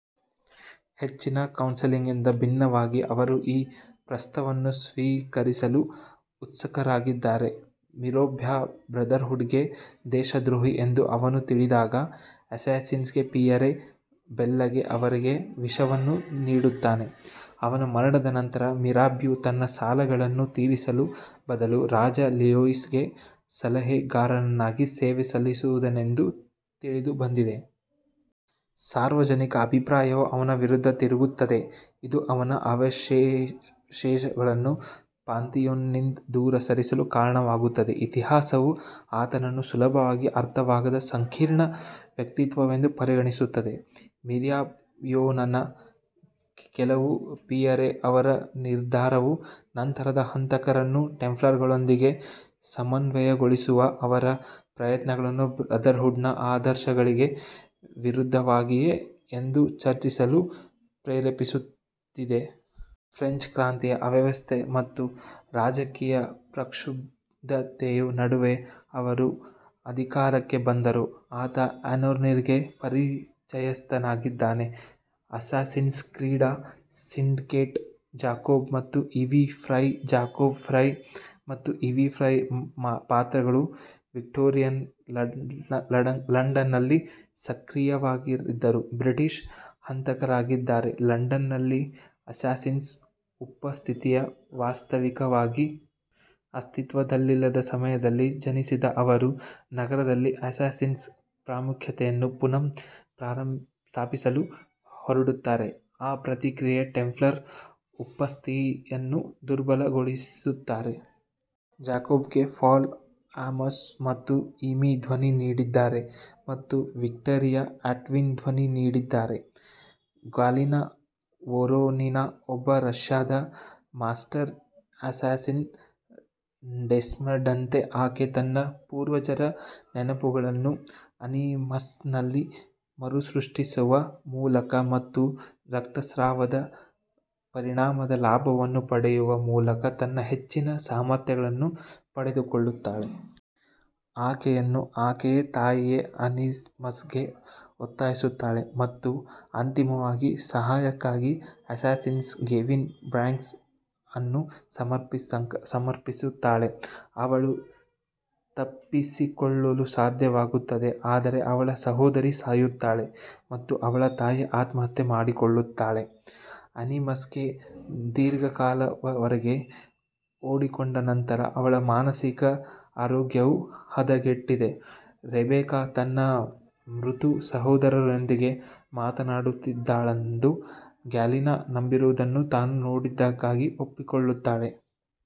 ಹೆಚ್ಚಿನ ಕೌನ್ಸಿಲ್ಗಿಂತ ಭಿನ್ನವಾಗಿ, ಅವರು ಈ ಪ್ರಸ್ತಾಪವನ್ನು ಸ್ವೀಕರಿಸಲು ಉತ್ಸುಕರಾಗಿದ್ದಾರೆ. ಮಿರಾಬ್ಯೂ ಬ್ರದರ್ಹುಡ್ಗೆ ದೇಶದ್ರೋಹಿ ಎಂದು ಅವನು ತಿಳಿದಾಗ, ಅಸ್ಸಾಸಿನ್ ಪಿಯರೆ ಬೆಲ್ಲೆಕ್ ಅವನಿಗೆ ವಿಷವನ್ನು ನೀಡುತ್ತಾನೆ. ಅವನ ಮರಣದ ನಂತರ, ಮಿರಾಬ್ಯೂ ತನ್ನ ಸಾಲಗಳನ್ನು ತೀರಿಸುವ ಬದಲು ರಾಜ ಲೂಯಿಸ್ ಗೆ ಸಲಹೆಗಾರನಾಗಿ ಸೇವೆ ಸಲ್ಲಿಸುತ್ತಿದ್ದನೆಂದು ತಿಳಿದುಬಂದಿದೆ. ಸಾರ್ವಜನಿಕ ಅಭಿಪ್ರಾಯವು ಅವನ ವಿರುದ್ಧ ತಿರುಗುತ್ತದೆ, ಇದು ಅವನ ಅವಶೇಷಗಳನ್ನು ಪಾಂಥಿಯೋನ್ನಿಂದ ದೂರ ಸರಿಸಲು ಕಾರಣವಾಗುತ್ತದೆ. ಇತಿಹಾಸವು ಆತನನ್ನು ಸುಲಭವಾಗಿ ಅರ್ಥವಾಗದ ಸಂಕೀರ್ಣ ವ್ಯಕ್ತಿಯೆಂದು ಪರಿಗಣಿಸುತ್ತದೆ. ಮಿರಾಬಿಯೊನನ್ನು ಕೊಲ್ಲುವ ಪಿಯರೆ ಅವರ ನಿರ್ಧಾರವು ನಂತರದ ಹಂತಕರನ್ನು ಟೆಂಪ್ಲರ್ಗಳೊಂದಿಗೆ ಸಮನ್ವಯಗೊಳಿಸುವ ಅವರ ಪ್ರಯತ್ನಗಳು ಬ್ರದರ್ಹುಡ್ನ ಆದರ್ಶಗಳಿಗೆ ವಿರುದ್ಧವಾಗಿವೆಯೇ ಎಂದು ಚರ್ಚಿಸಲು ಪ್ರೇರೇಪಿಸಿದೆ. ಫ್ರೆಂಚ್ ಕ್ರಾಂತಿಯ ಅವ್ಯವಸ್ಥೆ ಮತ್ತು ರಾಜಕೀಯ ಪ್ರಕ್ಷುಬ್ಧತೆಯ ನಡುವೆ ಅವರು ಅಧಿಕಾರಕ್ಕೆ ಬಂದರು. ಆತ ಅರ್ನೋನಿಗೆ ಪರಿಚಯಸ್ಥನಾಗಿದ್ದಾನೆ. ಅಸ್ಸಾಸಿನ್ಸ್ ಕ್ರೀಡ್ ಸಿಂಡಿಕೇಟ್ ಜಾಕೋಬ್ ಮತ್ತು ಈವಿ ಫ್ರೈ ಜಾಕೋಬ್ ಫ್ರೈ ಮತ್ತು ಈವಿ ಫ್ರೈ ಪಾತ್ರಗಳು ವಿಕ್ಟೋರಿಯನ್ ಲಂಡನ್ನಲ್ಲಿ ಸಕ್ರಿಯರಾಗಿದ್ದ ಬ್ರಿಟಿಷ್ ಹಂತಕರಾಗಿದ್ದಾರೆ. ಲಂಡನ್ನಲ್ಲಿ ಅಸ್ಸಾಸಿನ್ ಉಪಸ್ಥಿತಿಯು ವಾಸ್ತವಿಕವಾಗಿ ಅಸ್ತಿತ್ವದಲ್ಲಿಲ್ಲದ ಸಮಯದಲ್ಲಿ ಜನಿಸಿದ ಅವರು, ನಗರದಲ್ಲಿ ಅಸ್ಸಾಸಿನ್ಗಳ ಪ್ರಾಮುಖ್ಯತೆಯನ್ನು ಪುನಃಸ್ಥಾಪಿಸಲು ಹೋರಾಡುತ್ತಾರೆ, ಈ ಪ್ರಕ್ರಿಯೆಯಲ್ಲಿ ಟೆಂಪ್ಲರ್ ಉಪಸ್ಥಿತಿಯನ್ನು ದುರ್ಬಲಗೊಳಿಸುತ್ತಾರೆ. ಜಾಕೋಬ್ಗೆ ಪಾಲ್ ಅಮೋಸ್ ಮತ್ತು ಈವಿ ಧ್ವನಿ ನೀಡಿದ್ದಾರೆ ಮತ್ತು ವಿಕ್ಟೋರಿಯಾ ಅಟ್ಕಿನ್ ಧ್ವನಿ ನೀಡಿದ್ದಾರೆ. ಗ್ಯಾಲಿನಾ ವೊರೊನಿನಾ ಒಬ್ಬ ರಷ್ಯಾದ ಮಾಸ್ಟರ್ ಅಸ್ಸಾಸಿನ್. ಡೆಸ್ಮಂಡ್ನಂತೆ, ಆಕೆ ತನ್ನ ಪೂರ್ವಜರ ನೆನಪುಗಳನ್ನು ಅನಿಮಸ್ನಲ್ಲಿ ಮರುಸೃಷ್ಟಿಸುವ ಮೂಲಕ ಮತ್ತು ರಕ್ತಸ್ರಾವದ ಪರಿಣಾಮದ ಲಾಭವನ್ನು ಪಡೆಯುವ ಮೂಲಕ ತನ್ನ ಹೆಚ್ಚಿನ ಸಾಮರ್ಥ್ಯಗಳನ್ನು ಪಡೆದುಕೊಳ್ಳುತ್ತಾಳೆ. ಆಕೆಯನ್ನು ಆಕೆಯ ತಾಯಿಯು ಆನಿಮಸ್ಗೆ ಒತ್ತಾಯಿಸುತ್ತಾಳೆ ಮತ್ತು ಅಂತಿಮವಾಗಿ ಸಹಾಯಕ್ಕಾಗಿ ಅಸ್ಸಾಸಿನ್ ಗೇವಿನ್ ಬ್ಯಾಂಕ್ಸ್ ಅನ್ನು ಸಂಪರ್ಕಿಸುತ್ತಾಳೆ. ಅವಳು ತಪ್ಪಿಸಿಕೊಳ್ಳಲು ಸಾಧ್ಯವಾಗುತ್ತದೆ, ಆದರೆ ಅವಳ ಸಹೋದರಿ ಸಾಯುತ್ತಾಳೆ ಮತ್ತು ಅವಳ ತಾಯಿ ಆತ್ಮಹತ್ಯೆ ಮಾಡಿಕೊಳ್ಳುತ್ತಾಳೆ. ಅನಿಮಸ್ಗೆ ದೀರ್ಘಕಾಲದವರೆಗೆ ಒಡ್ಡಿಕೊಂಡ ನಂತರ, ಅವಳ ಮಾನಸಿಕ ಆರೋಗ್ಯವು ಹದಗೆಟ್ಟಿದೆ; ರೆಬೆಕ್ಕಾ ತನ್ನ ಮೃತ ಸಹೋದರಿಯೊಂದಿಗೆ ಮಾತನಾಡುತ್ತಿದ್ದಾಳೆಂದು ಗ್ಯಾಲಿನಾ ನಂಬಿರುವುದನ್ನು ತಾನು ನೋಡಿದ್ದಾಗಿ ಒಪ್ಪಿಕೊಳ್ಳುತ್ತಾಳೆ.